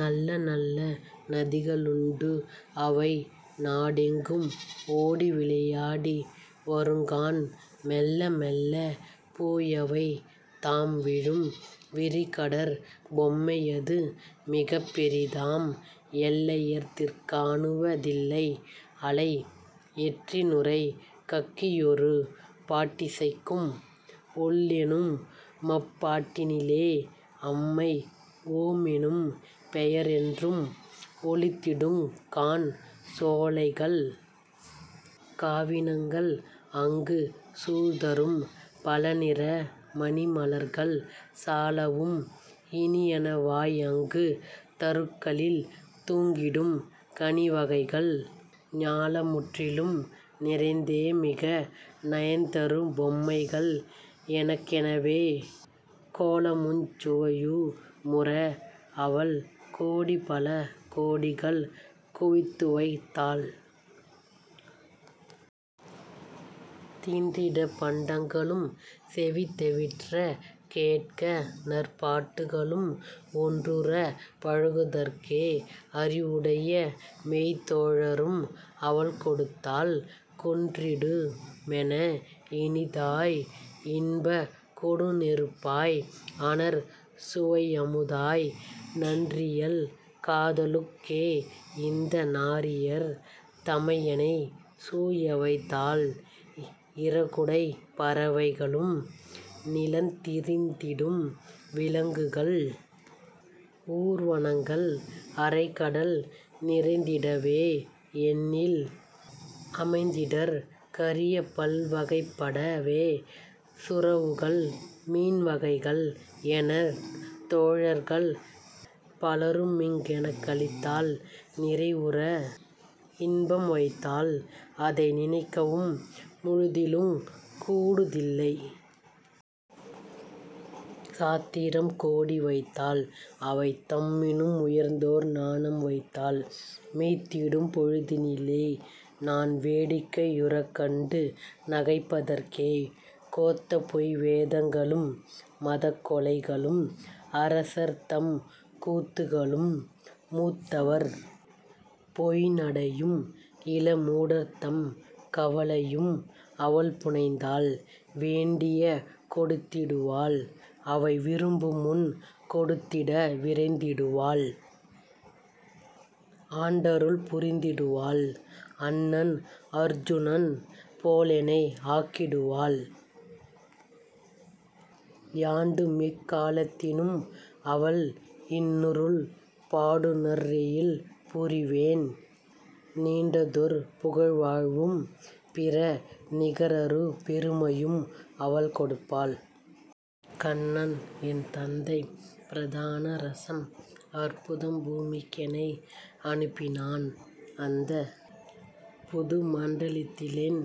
நல்லநல்ல நதிகளுண்டு அவை நாடெங்கும் ஓடிவிளை யாடி வருங்காண்; மெல்ல மெல்லப் போயவை தாம் விழும் விரிகடற் பொம்மையது மிகப் பெரிதாம்; எல்லையதிற் காணுவ தில்லை; அலை எற்றிநுரை கக்கியொரு பாட்டிசைக்கும்; ஒல்லெனுமப் பாட்டினிலே அம்மை ஓமெனும் பெயரென்றும் ஒலித்திடுங் காண். சோலைகள் காவினங் கள் அங்கு சூழ்தரும் பலநிற மணிமலர் கள் சாலவும் இனியன வாய் அங்கு தருக்களில் தூங்கிடும் கனிவகை கள் ஞாலமுற்றிலும் நிறைந் தே மிக நயந்தரு பொம்மைகள் எனக்கென வே; கோலமுஞ் சுவையு முற அவள் கோடிபல கோடிகள் குவித்துவைத் தாள். தின்றிடப் பண்டங்களும் செவி தெவிட்டறக் கேட்கநற் பாட்டுக்க ளும், ஒன்றுறப் பழகுதற் கே அறி வுடையமெய்த் தோழரும் அவள்கொடுத் தாள்; கொன்றிடு மெனஇனி தாய் இன்பக் கொடுநெருப் பாய் அனற் சுவையமு தாய், நன்றியல் காதலுக் கே இந்த நாரியர் தமையெனைச் சூழவைத் தாள். இறகுடைப் பறவைக ளும் நிலந் திரிந்திடும் விலங்குகள் ஊர்வனங்கள் அறைகடல் நிறைந்திட வே எண்ணில் அமைத்திடற் கரியபல் வகைப்பட வே சுறவுகள் மீன்வகை கள் எனத் தோழர்கள் பலருமிங் கெனக்களித் தாள்; நிறைவுற இன்பம்வைத் தாள்; அதை நினைக்கவும் முழுதிலுங் கூடுதில்லை. சாத்திரம் கோடி வைத்தாள்; அவை தம்மினும் உயர்ந்தோர் ஞானம் வைத்தாள்; மீத்திடும் பொழுதினி லே நான் வேடிக்கை யுறக்கண்டு நகைப்பதற் கே கோத்தபொய் வேதங்களும் மதக் கொலைகளும் அரசர்தம் கூத்துக்க ளும் மூத்தவர் பொய்ந்நடை யும் இள மூடர்தம் கவலையும் அவள்புனைந் தாள்; வேண்டிய கொடுத்திடு வாள்; அவை விரும்புமுன் கொடுத்திட விரைந்திடு வாள்; ஆண்டருள் புரிந்திடு வாள்; அண்ணன் அருச்சுனன் போலெனை ஆக்கிடு வாள்; யாண்டுமெக் காலத்தி னும் அவள் இன்னருள் பாடுநற் றெழில்புரி வேன்; நீண்டதொர் புகழ்வாழ் வும் பிற நிகரறு பெருமையும் அவள் கொடுப்பாள்.. கண்ணன் என் தந்தை ப்ரதான ரஸம் அற்புதம் பூமிக் கெனைய னுப்பி னான்; அந்தப் புதுமண்ட லத்திலென்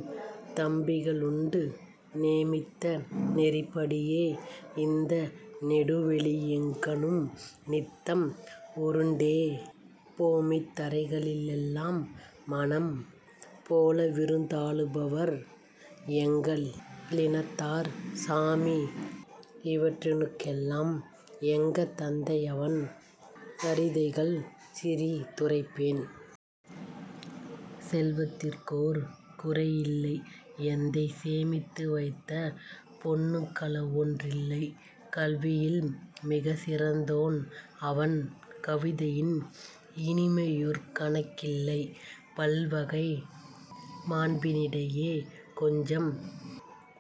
தம்பிக ளுண்டு; நேமித்த நெறிப்படி யே இந்த நெடுவெளி யெங்கணும் நித்தம் உருண்டே போமித் தரைகளி லெல்லாம் மனம் போலவிருந் தாளுபவர் எங்க ளினத்தார், சாமி இவற்றினுக் கெல்லாம் எங்க தந்தையவன் சரிதைகள் சிறி துரைப்பேன். செல்வத்திற்கோர் குறையில்லை; எந்தை சேமித்து வைத்த பொன்னுக் களவொன் றில்லை; கல்வியில் மிகச் சிறந்தோன் அவன் கவிதையின் இனிமையொர் கணக்கி லில்லை; பல்வகை மாண்பி னிடையே கொஞ்சம்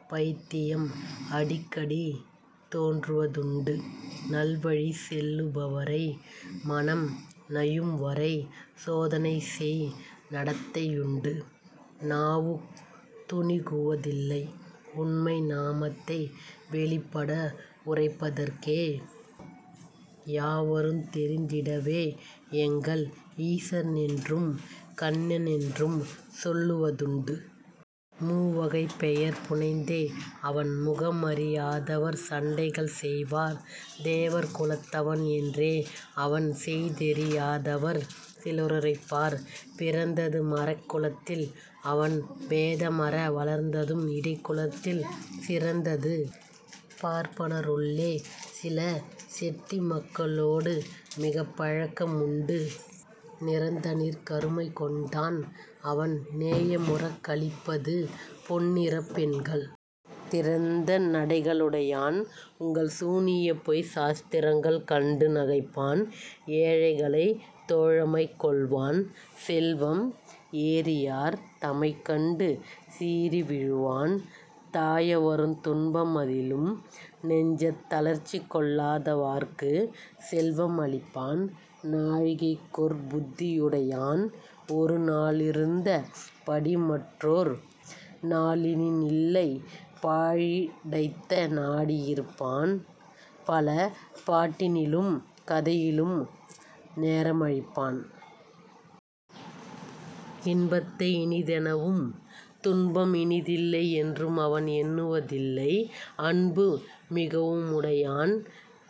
பயித்தியம் அடிக்கடி தோன்றுவ துண்டு; நல்வழி செல்லு பவரை மனம் நையும்வரை சோதனைசெய் நடத்தை யுண்டு. நாவு துணிகுவ தில்லை உண்மை நாமத்தை வெளிப்பட உரைப்பதற்கே; யாவருந் தெரிந்திடவே எங்கள் ஈசனென்றும் கண்ணனென்றும் சொல்லுவதுண்டு. மூவகைப் பெயர் புனைந்தே அவன் முகமறி யாதவர் சண்டைகள் செய்வார்; தேவர் குலத்தவன் என்றே அவன் செய்திதெரி யாதவர் சிலருரைப்பார்.. பிறந்தது மறக் குலத்தில்; அவன் பேதமற வளர்ந்ததும் இடைக்குலத்தில்; சிறந்தது பார்ப்பன ருள்ளே; சில செட்டிமக்க ளோடுமிகப் பழக்க முண்டு; நிறந்தனிற் கருமை கொண்டான்; அவன் நேயமுறக் களிப்பது பொன்னிறப் பெண்கள்! துறந்த நடைக ளுடையான்; உங்கள் சூனியப்பொய்ச் சாத்திரங்கள் கண்டு நகைப்பான். ஏழைகளைத் தோழமை கொள்வான்; செல்வம் ஏறியார் தமைக்கண்டு சீறி விழுவான்; தாழவருந் துன்ப மதிலும் நெஞ்சத் தளர்ச்சிகொள் ளாதவார்க்குச் செல்வ மளிப்பான்; நாழிகைக்கொர் புத்தி யுடையான்; ஒரு நாளிருந்த படிமற்றொர் நாளினி லில்லை. பாழிடத்தை நாடி யிருப்பான்; பல பாட்டினிலும் கதையிலும் நேரமழிப் பான். இன்பத்தை இனிதெனவும் துன்பம் இனிதில்லை யென்றுமவன் எண்ணுவ தில்லை; அன்பு மிகவு முடையான்;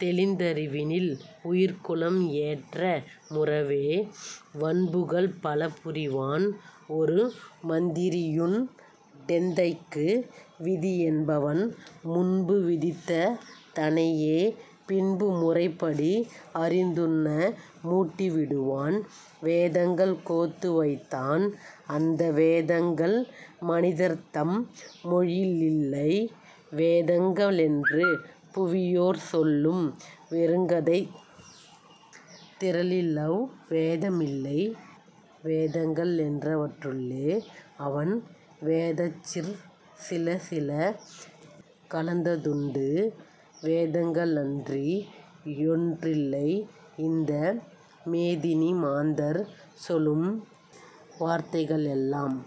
தெளிந் தறிவினில் உயிர்க்குலம் ஏற்ற முறவே, வன்புகள் பல புரிவான்; ஒரு மந்திரியுண் டெந்தைக்கு விதியென்பவன்; முன்பு விதித்த தனையே பின்பு முறைப்படி அறிந்துண்ண மூட்டி விடுவான். வேதங்கள் கோத்து வைத்தான் அந்த வேதங்கள் மனிதர்தம் மொழியி லில்லை; வேதங்க ளென்று புவியோர் சொல்லும் வெறுங்கதைத் திரளிலவ் வேதமில்லை; வேதங்க ளென்றவற் றுள்ளே அவன் வேதத்திற் சிலசில கலந்ததுண்டு; வேதங்க ளன்றி யொன்றில்லை இந்த மேதினி மாந்தர் சொலும் வார்த்தைக ளெல்லாம்.